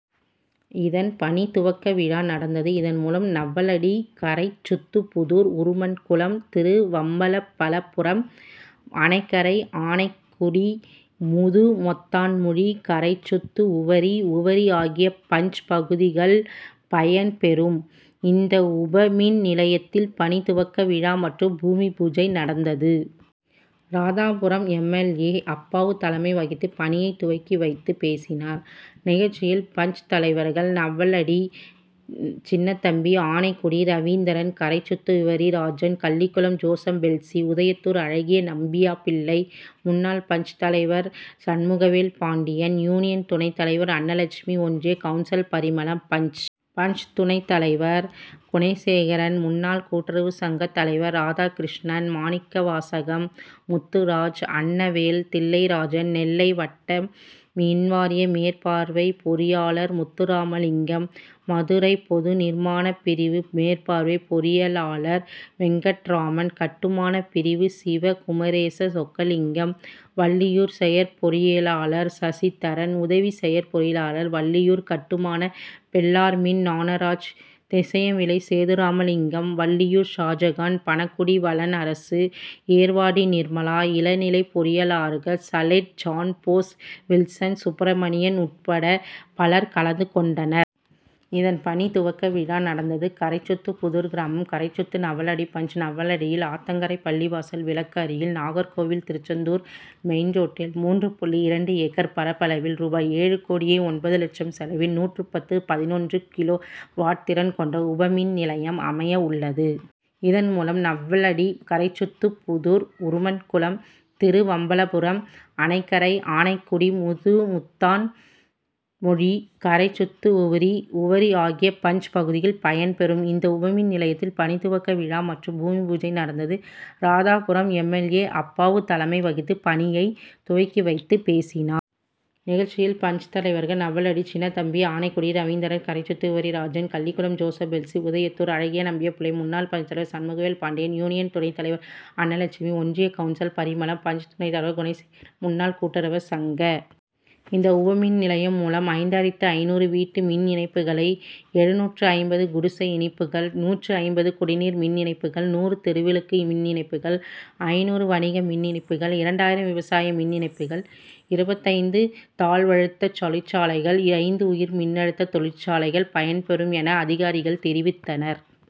இதன் பணி துவக்க விழா நடந்தது. இதன் மூலம் நவ்வலடி, கரைச்சுத்து புதூர், உருமன்குளம், திருவம்பலபுரம், அணைக்கரை, ஆனைகுடி, முதுமொத்தான்மொழி, கரைச்சுத்து உவரி, உவரி ஆகிய பஞ்., பகுதிகள் பயன் பெறும். இந்த உபமின் நிலையத்தின் பணி துவக்க விழா மற்றும் பூமி பூஜை நடந்தது. Radhapuram M. L. A., Appavu தலைமை வகித்து பணியை துவக்கி வைத்து பேசினார். நிகழ்ச்சியில் பஞ்., தலைவர்கள் நவ்வலடி சின்னதம்பி, ஆனைகுடி ரவீந்திரன், கரைச்சுத்து உவரி ராஜன், கள்ளிகுளம் ஜோசப் பெல்ஸி, உதயத்தூர் அழகியநம்பியாபிள்ளை, முன்னாள் பஞ்.,தலைவர் சண்முகவேல் பாண்டியன், யூனியன் துணைத் தலைவர் அன்னலெட்சுமி, ஒன்றிய கவுன்சிலர் பரிமளம், பஞ்., துணைத் தலைவர் குணசேகரன், முன்னாள் கூட்டுறவு சங்க தலைவர் ராதாகிருஷ்ணன், மாணிக்கவாசகம், முத்துராஜா, அன்னவேல், தில்லைராஜன், நெல்லை வட்டம் மின்வாரிய மேற்பார்வை பொறியாளர் முத்துராமலிங்கம், மதுரை பொது நிர்மான பிரிவு மேற்பார்வை பொறியாளர் வெங்கட்ராமன், கட்டுமான பிரிவு சிவகுமரேச சொக்கலிங்கம், வள்ளியூர் செயற்பொறியாளர் சசிதரன், உதவி செயற்பொறியாளர்கள் வள்ளியூர் கட்டுமானம் பெல்லார்மின் ஞானராஜ், திசையன்விளை சேதுராமலிங்கம், வள்ளியூர் ஷாஜகான், பணகுடி வளன் அரசு, ஏர்வாடி நிர்மலா, இளநிலை பொறியாளர்கள் சலேட், ஜான்போஸ், வில்சன், சுப்பிரமணியன் உட்பட பலர் கலந்து கொண்டனர். இதன் பணி துவக்க விழா நடந்தது. கரைச்சுத்து புதூர் கிராமம் கரைச்சுத்து நவ்வலடி பஞ்., நவ்வலடியில் ஆத்தங்கரை பள்ளிவாசல் விலக்கு அருகில் நாகர்கோவில் திருச்செந்தூர் மெயின் ரோட்டில் மூன்று புள்ளி இரண்டு ஏக்கர் பரப்பளவில் ரூ.ஏழு கோடியே ஒன்பது லட்சம் செலவில் நூற்று பத்து, பதினொன்று கிலோ வாட் திறன் கொண்ட உபமின் நிலையம் அமைய உள்ளது. இதன் மூலம் நவ்வலடி, கரைச்சுத்து புதூர், உருமன்குளம், திருவம்பலபுரம், அணைக்கரை, ஆனைகுடி, முதுமொத்தான்மொழி, கரைச்சுத்து உவரி, உவரி ஆகிய பஞ்., பகுதிகள் பயன் பெறும். இந்த உபமின் நிலையத்தின் பணி துவக்க விழா மற்றும் பூமி பூஜை நடந்தது. Radhapuram M. L. A., Appavu தலைமை வகித்து பணியை துவக்கி வைத்து பேசினார். நிகழ்ச்சியில் பஞ்., தலைவர்கள் நவ்வலடி சின்னதம்பி, ஆனைகுடி ரவீந்திரன், கரைச்சுத்து உவரி ராஜன், கள்ளிகுளம் ஜோசப் பெல்ஸி, உதயத்தூர் அழகியநம்பியாபிள்ளை, முன்னாள் பஞ்.,தலைவர் சண்முகவேல் பாண்டியன், யூனியன் துணைத் தலைவர் அன்னலெட்சுமி, ஒன்றிய கவுன்சிலர் பரிமளம், பஞ்., துணைத் தலைவர் குணசேகரன், முன்னாள் கூட்டுறவு சங்க இந்த உபமின் நிலையம் மூலம் ஐந்தாயிரத்து ஐந்நூறு வீட்டு மின் இணைப்புகள், எழுநூற்று ஐம்பது குடிசை இணைப்புகள், நூற்று ஐம்பது குடிநீர் மின் இணைப்புகள், நூறு தெருவிளக்கு மின் இணைப்புகள், ஐந்நூறு வணிக மின் இணைப்புகள், இரண்டாயிரம் விவசாய மின் இணைப்புகள், இருபத்தைந்து தாழ்வழுத்த தொழிற்சாலைகள், ஐந்து உயர் மின்னழுத்த தொழிற்சாலைகள் பயன்பெறும் என அதிகாரிகள் தெரிவித்தனர்.